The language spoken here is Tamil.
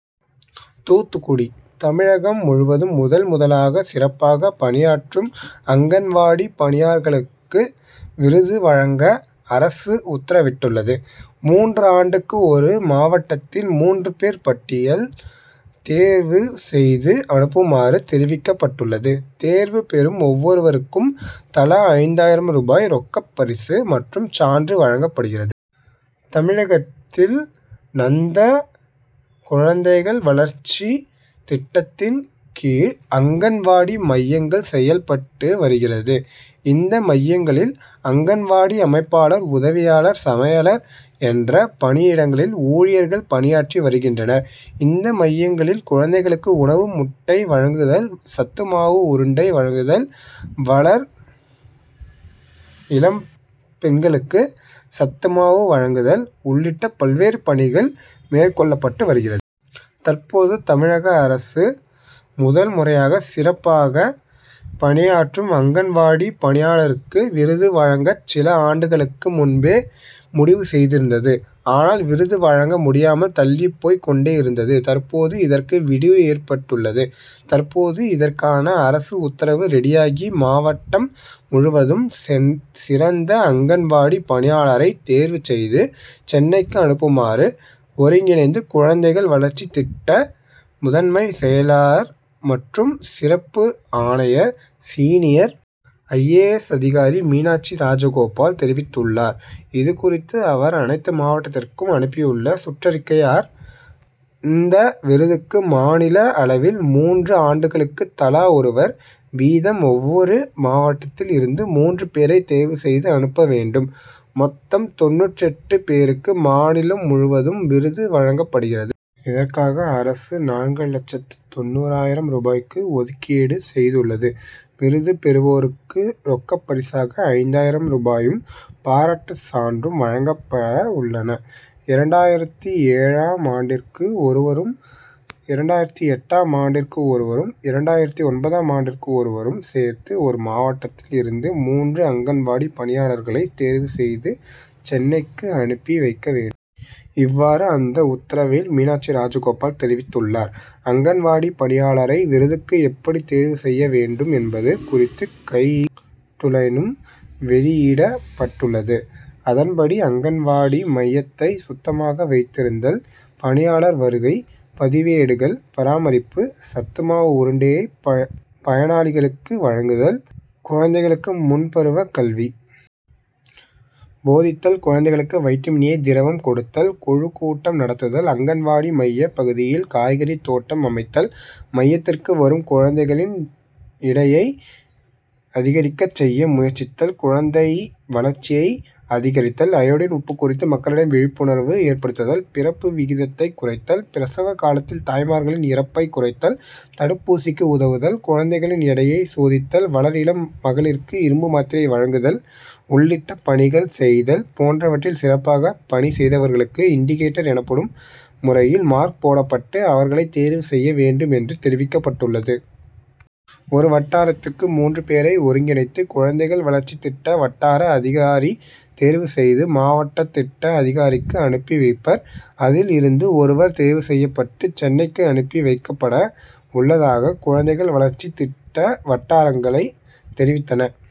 தூத்துக்குடி, தமிழகம் முழுவதும் முதல், முதலாக சிறப்பாக பணியாற்றும் அங்கன்வாடி பணியாளர்களுக்கு விருது வழங்க அரசு உத்தரவிட்டுள்ளது. மூன்று ஆண்டுக்கு ஒரு மாவட்டத்தில் மூன்று பேர் பட்டியல் தேர்வு செய்து அனுப்புமாறு தெரிவிக்கப்பட்டுள்ளது. தேர்வு பெறும் ஒவ்வொருவருக்கும் தலா ஐந்தாயிரம் ரூபாய் ரொக்கப்பரிசு மற்றும் சான்று வழங்கப்படுகிறது. தமிழகத்தில் ணந்த குழந்தைகள் வளர் ச்சி திட்டத்தின் கீழ் அங்கன்வாடி மையங்கள் செயல்பட்டு வருகிறது. இந்த மையங்களில் அங்கன்வாடி அமைப்பாளர், உதவியாளர், சமையலர் என்ற பணியிடங்களில் ஊழியர்கள் பணியாற்றி வருகின்றனர். இந்த மையங்களில் குழந்தைகளுக்கு உணவு, முட்டை வழங்குதல், சத்துமாவு உருண்டை வழங்குதல், வளர் இளம் பெண்களுக்கு சத்துமாவு வழங்குதல் உள்ளிட்ட பல்வேறு பணிகள் மேற்கொள்ளப்பட்டு வருகிறது. தற்போது தமிழக அரசு முதல் முறையாக சிறப்பாக பணியாற்றும் அங்கன்வாடி பணியாளருக்கு விருது வழங்க சில ஆண்டுகளுக்கு முன்பே முடிவு செய்திருந்தது. ஆனால் விருது வழங்க முடியாமல் தள்ளிப் போய் கொண்டே இருந்தது. தற்போது இதற்கு விடிவு ஏற்பட்டுள்ளது. தற்போது இதற்கான அரசு உத்தரவு ரெடியாகி மாவட்டம் முழுவதும் சிறந்த அங்கன்வாடி பணியாளரைத் தேர்வு செய்து சென்னைக்கு அனுப்புமாறு ஒருங்கிணைந்த குழந்தைகள் வளர்ச்சி திட்ட முதன்மை செயலார் மற்றும் சிறப்பு ஆணையர் சீனியர் ஐ. ஜ.ஏ. எஸ் அதிகாரி மீனா ட்சிராஜகோபால் தெரிவித்துள்ளார். இது குறித்து அவர் அனைத்து மாவட்டத்திற்கும் அனுப்பியுள்ள சுற்றறிக்கை ஆர். இந்த விருதுக்கு மாநில அளவில் மூன்று ஆண்டுகளுக்கு தலா ஒருவர் வீதம் ஒவ்வொரு மாவட்டத்தில் இருந்து மூன்று பேரை தேர்வு செய்து அனுப்ப வேண்டும். மொத்தம் தொண்ணூற்றெட்டு பேருக்கு மாநிலம் முழுவதும் விருது வழங்கப்படுகிறது. இதற்காக அரசு நான்கு லட்சத்து தொண்ணூறாயிரம் ரூபாய் ஒதுக்கீடு செய்துள்ளது. விருது பெறுவோருக்கு ரொக்கப்பரிசாக ஐந்தாயிரம் ரூபாயும், பாராட்டு சான்றும் வழங்கப்பள உள்ளன. இரண்டாயிரத்து ஏழாம் ஆண்டிற்கு ஒருவரும், இரண்டாயிரத்து எட்டாம் ஆண்டிற்கு ஒருவரும், இரண்டாயிரத்து ஒன்பதாம் ஆண்டிற்கு ஒருவரும் சேர்த்து ஒரு மாவட்டத்தில் இருந்து மூன்று அங்கன்வாடி பணியாளர்களை தேர்வு செய்து சென்னைக்கு அனுப்பி வைக்க வேண்டும். இவ்வாறு அந்த உத்தரவில் மீனாட்சிராஜகோபால் தெரிவித்துள்ளார். அங்கன்வாடி பணியாளரை விருதுக்கு எப்படி தேர்வு செய்ய வேண்டும் என்பது குறித்து கைடுலைனும் வெளியிடப்பட்டுள்ளது. அதன்படி அங்கன்வாடி மையத்தை சுத்தமாக வைத்திருத்தல், பணியாளர் வருகை, பதிவேடுகள் பராமரிப்பு, சத்துமாவு உருண்டையை பயனாளிகளுக்கு வழங்குதல், குழந்தைகளுக்கு முன்பருவ கல்வி போதித்தல், குழந்தைகளுக்கு வைட்டமின் ஏ திரவம் கொடுத்தல், குழு கூட்டம் நடத்துதல், அங்கன்வாடி மைய பகுதியில் காய்கறி தோட்டம் அமைத்தல், மையத்திற்கு வரும் குழந்தைகளின் எடயை அதிகரிக்க செய்ய முயற்சித்தல், குழந்தை வளர்ச்சியை அதிகரித்தல், அயோடின் உப்பு குறித்து மக்களிடம் விழிப்புணர்வு ஏற்படுத்துதல், பிறப்பு விகிதத்தை குறைத்தல், பிரசவ காலத்தில் தாய்மார்களின் இறப்பை குறைத்தல், தடுப்பூசிக்கு உதவுதல், குழந்தைகளின் எடையை சோதித்தல், வளர்இளம் மகளிருக்கு இரும்புமாத்திரை வழங்குதல் உள்ளிட்ட பணிகள் செய்தல் போன்றவற்றில் சிறப்பாக பணி செய்தவர்களுக்கு இண்டிகேட்டர் எனப்படும் முறையில் மார்க் போடப்பட்டு அவர்களைத் தேர்வு செய்ய வேண்டும் என்று தெரிவிக்கப்பட்டுள்ளது. ஒரு வட்டாரத்திற்கு மூன்று பேரை ஒருங்கிணைந்த குழந்தைகள் வளர்ச்சி திட்ட வட்டார அதிகாரி தேர்வு செய்து மாவட்ட திட்ட அதிகாரிக்கு அனுப்பி வைப்பார். அதில் இருந்து ஒருவர் தேர்வு செய்யப்பட்டு சென்னைக்கு அனுப்பி வைக்கப்பட உள்ளதாக குழந்தைகள் வளர்ச்சி திட்ட வட்டாரங்களை தெரிவித்தன.